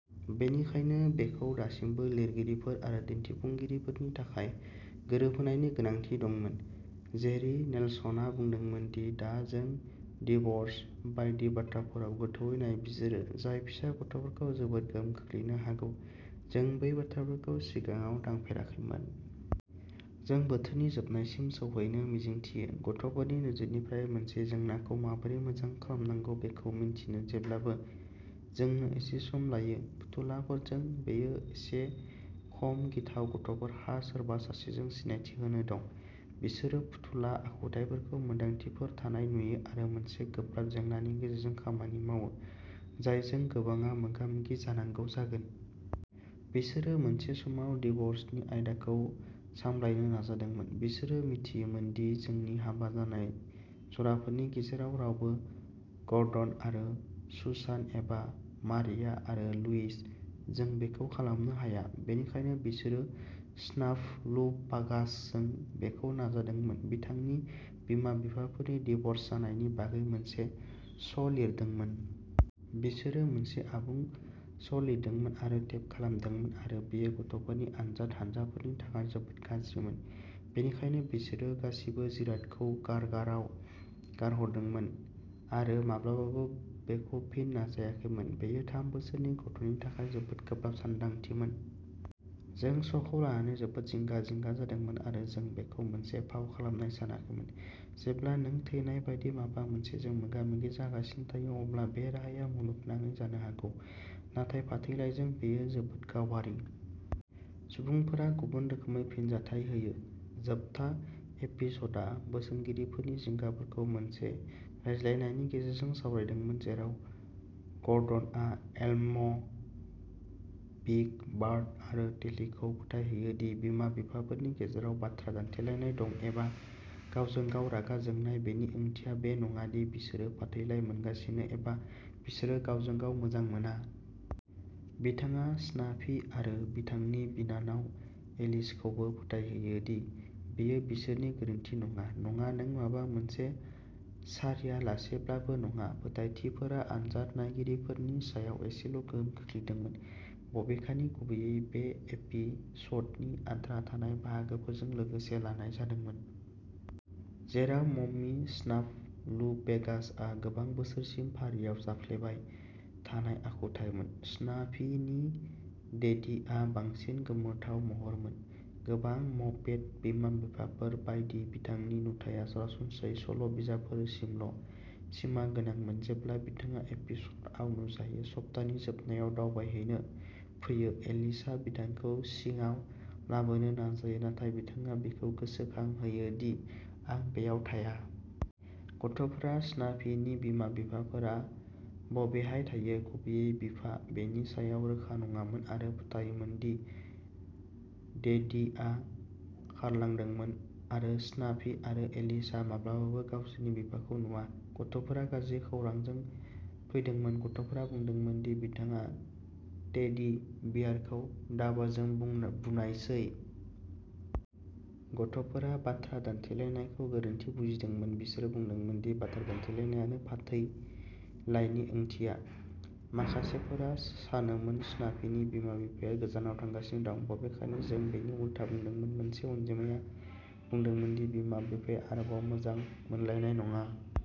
बेनिखायनो, बेखौ दासिमबो लिरगिरिफोर आरो दिन्थिफुंगिरिफोरनि थाखाय गोरोबहोनायनि गोनांथि दंमोन। जेरि नेल्सना बुंदोंमोन दि दा जों डिव'र्स बायदि बाथ्राफोराव गोथौवै नायबिजिरो, जाय फिसा गथ'फोरखौ जोबोद गोहोम खोख्लैनो हागौ। जों बै बाथ्राफोरखौ सिगाङाव दांफेराखैमोन। जों बोथोरनि जोबनायसिम सौहैनो मिजिंथियो। गथ'फोरनि नोजोरनिफ्राय मोनसे जेंनाखौ माबोरै मोजाङै खालामनांगौ बेखौ मिन्थिनो जेब्लाबो जोंनो एसे सम लायो फुथुलाफोरजों, बेयो एसे खम गिथाव गथ'फोरहा सोरबा सासेजों सिनायथि होनो दं। बिसोरो फुथुला आखुथाइफोरखौ मोन्दांथिफोर थानाय नुयो आरो मोनसे गोब्राब जेंनानि गेजेरजों खामानि मावो, जायजों गोबांआ मोगा-मोगि जानांगौ जागोन। बिसोरो मोनसे समाव डिव'र्सनि आयदाखौ सामलायनो नाजादोंमोन। बिसोरो मिथियोमोन दि जोंनि हाबा जानाय जराफोरनि गेजेराव रावबो गर्डन आरो सुसान एबा मारिया आरो लुइस जों बेखौ खालामनो हाया, बेनिखायनो बिसोरो स्नाफलुपागासजों बेखौ नाजादोंमोन, बिथांनि बिमा-बिफाफोरनि डिव'र्स जानायनि बागै मोनसे श'लिरदोंमोन। बिसोरो मोनसे आबुं श'लिरदोंमोन आरो टेप खालामदोंमोन आरो बेयो गथ'फोरनि आनजाद हानजाफोरनि थाखाय जोबोद गाज्रिमोन। बेनिखायनो बिसोरो गासिबो जिरादखौ गारगाराव गारहरदोंमोन आरो माब्लाबाबो बेखौ फिन नाजायाखैमोन। बेयो थाम बोसोरनि गथ'नि थाखाय जोबोद गोब्राब सानदांथिमोन। जों श'खौ लानानै जोबोद जिंगा-जिंगा जादोंमोन आरो जों बेखौ मोनसे फाव खालामनाय सानाखैमोन। जेब्ला नों थैनाय बायदि माबा मोनसेजों मोगा-मोगि जागासिनो थायो, अब्ला बे राहाया मुलुगनाङै जानो हागौ। नाथाय फाथैलाइजों, बेयो जोबोद गावारि। सुबुंफोरा गुबुन रोखोमै फिनजाथाय होयो। जोबथा एपिस'डआ बोसोनगिरिफोरनि जिंगाफोरखौ मोनसे रायज्लायनायनि गेजेरजों सावरायदोंमोन जेराव ग'र्डनआ एल्म', बिग बार्ड आरो टेलीखौ फोथायहोयो दि बिमा-बिफाफोरनि गेजेराव बाथ्रा दान्थेलायनाय दं, एबा गावजों-गाव रागा जोंनाय, बेनि ओंथिया बे नङा दि बिसोरो फाथैलाइ मोनगासिनो एबा बिसोरो गावजों-गाव मोजां मोना। बिथाङा स्नाफी आरो बिथांनि बिनानाव एलिसखौबो फोथायहोयो दि बेयो बिसोरनि गोरोन्थि नङा, नङा, नों माबा मोनसे सारियालासेब्लाबो नङा। फोथायथिफोरा आनजाद नायगिरिफोरनि सायाव एसेल' गोहोम खोख्लैदोंमोन, बबेखानि, गुबैयै। बे एपिस'डनि आद्रा थानाय बाहागोफोरजों लोगोसे लानाय जादों। जेराव मम्मी स्नाफलुपेगासआ गोबां बोसोरसिम फारिआव जाफ्लेबाय थानाय आखुथायमोन, स्नाफीनि डेडीआ बांसिन गोमोथाव महरमोन, गोबां मपेट बिमा-बिफाफोर बायदि, बिथांनि नुथाया सरासनस्रायै सल' बिजाबफोरसिमल' सिमा गोनांमोन। जेब्ला बिथाङा एपिस'डआव नुजायो, सप्तानि जोबनायाव दावबायहैनो फैयो, एलिसआ बिथांखौ सिङाव लाबोनो नाजायो, नाथाय बिथाङा बिखौ गोसोखांहोयो दि आं बेयाव थाया। गथ'फोरा स्नाफीनि बिमा-बिफाफोरा बबेहाय थायो, गुबैयै बिफा, बेनि सायाव रोखा नङामोन आरो फोथायोमोन दि डेडीआ खारलांदोंमोन आरो स्नाफी आरो एलिसआ माब्लाबाबो गावसोरनि बिफाखौ नुवा। गथ'फोरा गाज्रि खौरांजों फैदोंमोन गथ'फोरा बुंदोंमोन दि बिथाङा टेडी बियारखौ दाबाजों बुनायसै। गथ'फोरा बाथ्रा दान्थेलायनायखौ गोरोन्थि बुजिदोंमोन। बिसोरो बुंदोंमोन दि बाथ्रा दान्थेलायनायानो फाथैलाइनि ओंथिया। माखासेफोरा सानोमोन स्नाफीनि बिमा-बिफाया गोजानाव थांगासिनो दं, बबेखानि जों बेनि उल्था बुंदोंमोन। मोनसे अनजिमाया बुंदोंमोन दि बिमा-बिफाया आरोबाव मोजां मोनलायनाय नङा।